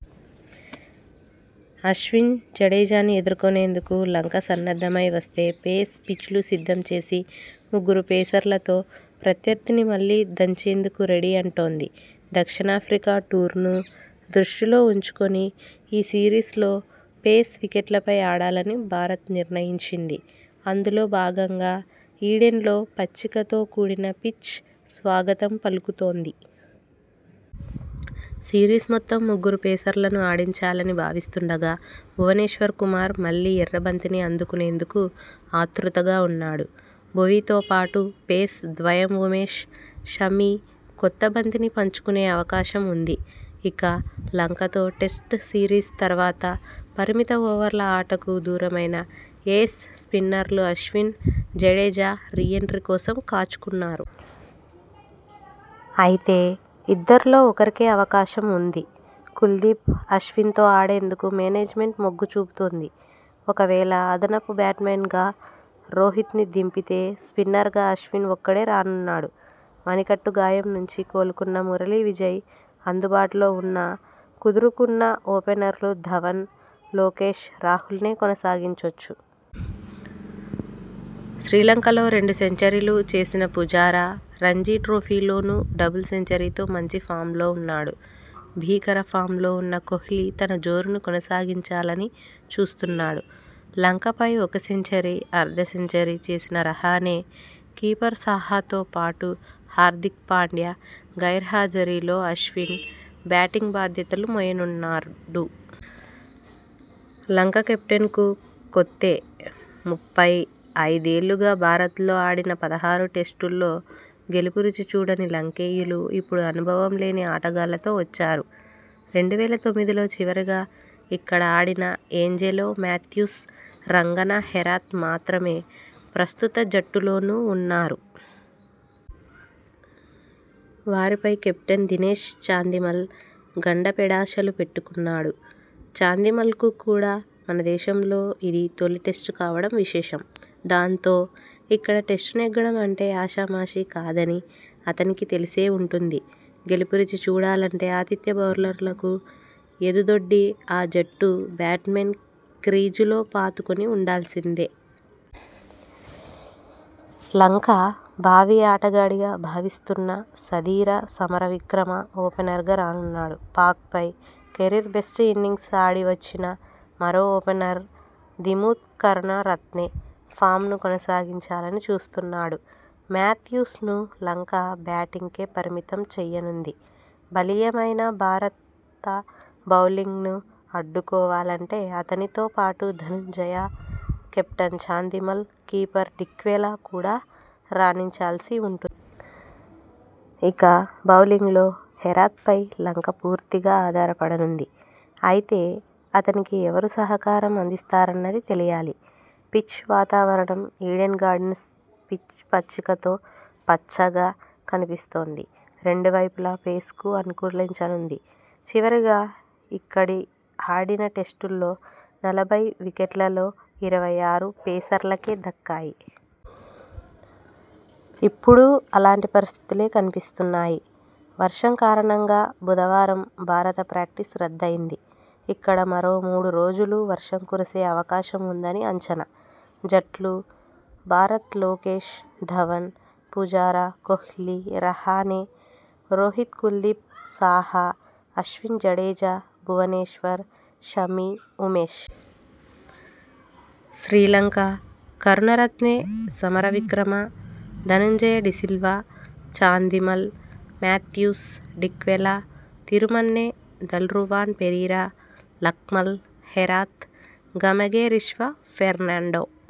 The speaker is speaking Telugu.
అశ్విన్, జడేజాను ఎదుర్కొ నేందుకు లంక సన్నద్ధమై వస్తే పేస్ పిచ్లు సిద్ధం చేసి, ముగ్గురు పేసర్లతో ప్రత్యర్థిని మళ్లీ దంచేందుకు రెడీ అంటోంది. దక్షిణాఫ్రికా టూర్ను దృష్టిలో ఉంచుకొని ఈ సిరీస్లో పేస్ వికెట్లపై ఆడాలని భారత్ నిర్ణయించింది. అందులో భాగంగా ఈడెన్లో పచ్చికతో కూడిన పిచ్ స్వాగతం పలుకుతోంది. సిరీస్ మొత్తం ముగ్గురు పేసర్లను ఆడించాలని భావిస్తుండగా భువనేశ్వర్ కుమార్ మళ్లీ ఎర్ర బంతిని అందుకునేందుకు ఆతృతగా ఉన్నాడు. భువీతో పాటు పేస్ ద్వయం ఉమేష్, షమి కొత్త బంతిని పంచుకునే అవకాశం ఉంది. ఇక, లంకతో టెస్టు సిరీస్ తర్వాత పరిమిత ఓవర్ల ఆటకు దూరమైన ఏస్ స్పిన్నర్లు అశ్విన్, జడేజా రీ ఎంట్రీ కోసం కాచుకున్నారు. అయితే, ఇద్దరిలో ఒకరికే అవకాశం ఉంది. కుల్దీప్, అశ్విన్తో ఆడేందుకు మేనేజ్మెంట్ మొగ్గు చూపుతోంది. ఒకవేళ అదనపు బ్యాట్స్మన్గా రోహిత్ను దింపితే స్పిన్నర్గా అశ్విన్ ఒక్కడే రానున్నాడు. మణికట్టు గాయం నుంచి కోలుకున్న మురళీ విజయ్ అందుబాటులో ఉన్నా కుదురుకున్న ఓపెనర్లు ధవన్, లోకేష్ రాహుల్నే కొనసాగించొచ్చు. శ్రీలంకలో రెండు సెంచరీ లు చేసిన పుజారా రంజీ ట్రోఫీలోనూ డబుల్ సెంచరీతో మంచి ఫామ్లో ఉన్నాడు. భీకర ఫామ్లో ఉన్న కోహ్లీ తన జోరును కొనసాగించాలని చూస్తున్నాడు. లంక పై ఒక సెంచ రీ, అర్ధ సెంచరీ చేసిన రహానె, కీపర్ సాహాతో పాటు హార్దిక్ పాండ్యా గైర్హాజరీలో అశ్విన్ బ్యాటింగ్ బాధ్యతలు మోయనున్నారూడు. లంక కెప్టెన్కూ కొత్తే ముప్పై ఐదు ఏళ్లుగా భారత్లో ఆడిన పదహారు టెస్టుల్లో గెలుపు రుచి చూడని లంకేయులు ఇప్పుడు అనుభవం లేని ఆటగాళ్లతో వచ్చారు. రెండు వేల తొమ్మిదిలో చివరగా ఇక్కడ ఆడిన ఏంజెలో మాథ్యూ స్, రంగన హెరాత్ మాత్రమే ప్రస్తుత జట్టులోనూ ఉన్నారు. వారిపై కెప్టెన్ దినేశ్ చాందిమల్ గండపెడాశలు పెట్టుకున్నాడు. చాందిమల్కు కూడా మనదేశంలో ఇది తొలి టెస్టు కావడం విశేషం. దాంతో, ఇక్కడ టెస్టు నెగ్గడం అంటే ఆషామాషీ కాదని అతనికీ తెలిసే ఉంటుంది. గెలుపు రుచి చూడాలంటే ఆతిథ్య బౌలర్లకు ఎదుదొడ్డి ఆ జట్టు బ్యాట్స్మెన్ క్రీజులో పాతుకొని ఉండాల్సిందే. లంక భావి ఆటగాడిగా భావిస్తున్న సదీర సమరవిక్రమ ఓపెనర్గా రానున్నాడు పాక్పై కెరీర్ బెస్ట్ ఇన్నింగ్స్ ఆడి వచ్చిన మరో ఓపెనర్ దిమూత్ కరుణ రత్నె ఫామ్ను కొనసాగించాలని చూస్తున్నాడు. మాథ్యూస్ను లంక బ్యాటింగ్కే పరిమితం చేయనుంది. బలీయమైన భారత బౌలింగ్ను అడ్డు కోవాలంటే అతనితో పాటు ధనంజయ, కెప్టెన్ చాందిమల్, కీపర్ డిక్వెలా కూడా రాణించాల్సి ఉంటుంది. ఇక బౌలింగ్లో హెరాత్పై లంక పూర్తిగా ఆధారపడనుంది. అయితే, అతనికి ఎవరు సహకారం అందిస్తారన్నది తెలియాలి. పిచ్ వా తావరణం ఈడెన్ గార్డెన్స్ పిచ్ పచ్చికతో పచ్చగా కనిపిస్తోంది. రెండు వైపులా పేస్కు అనుకూలించనుంది. చివరగా ఇక్కడి ఆడిన టెస్టులో నలభై వికెట్లలో ఇరవై ఆరు పేసర్లకే దక్కాయి. ఇప్పుడూ అలాంటి పరిస్థితులే కనిపిస్తున్నాయి. వర్షం కారణంగా బుధవారం భారత ప్రాక్టీస్ రద్దయింది. ఇక్కడ మరో మూడు రోజులూ వర్షం కురిసే అవకాశం ఉందని అంచనా. జట్లు భారత్ లోకేశ్, ధవన్, పుజారా, కోహ్లీ, రహానె, రోహిత్ కుల్దీప్, సాహా, అశ్విన్ జడేజా, భువనేశ్వర్, షమి, ఉమేష్. Sri Lanka Karunaratne, Samarawickrama, Dhananjaya de Silva, Chandimal, Mathews, Dickwella, Thirimanne, Dilruwan Perera, Lakmal, Herath, Gamage Vishwa Fernando.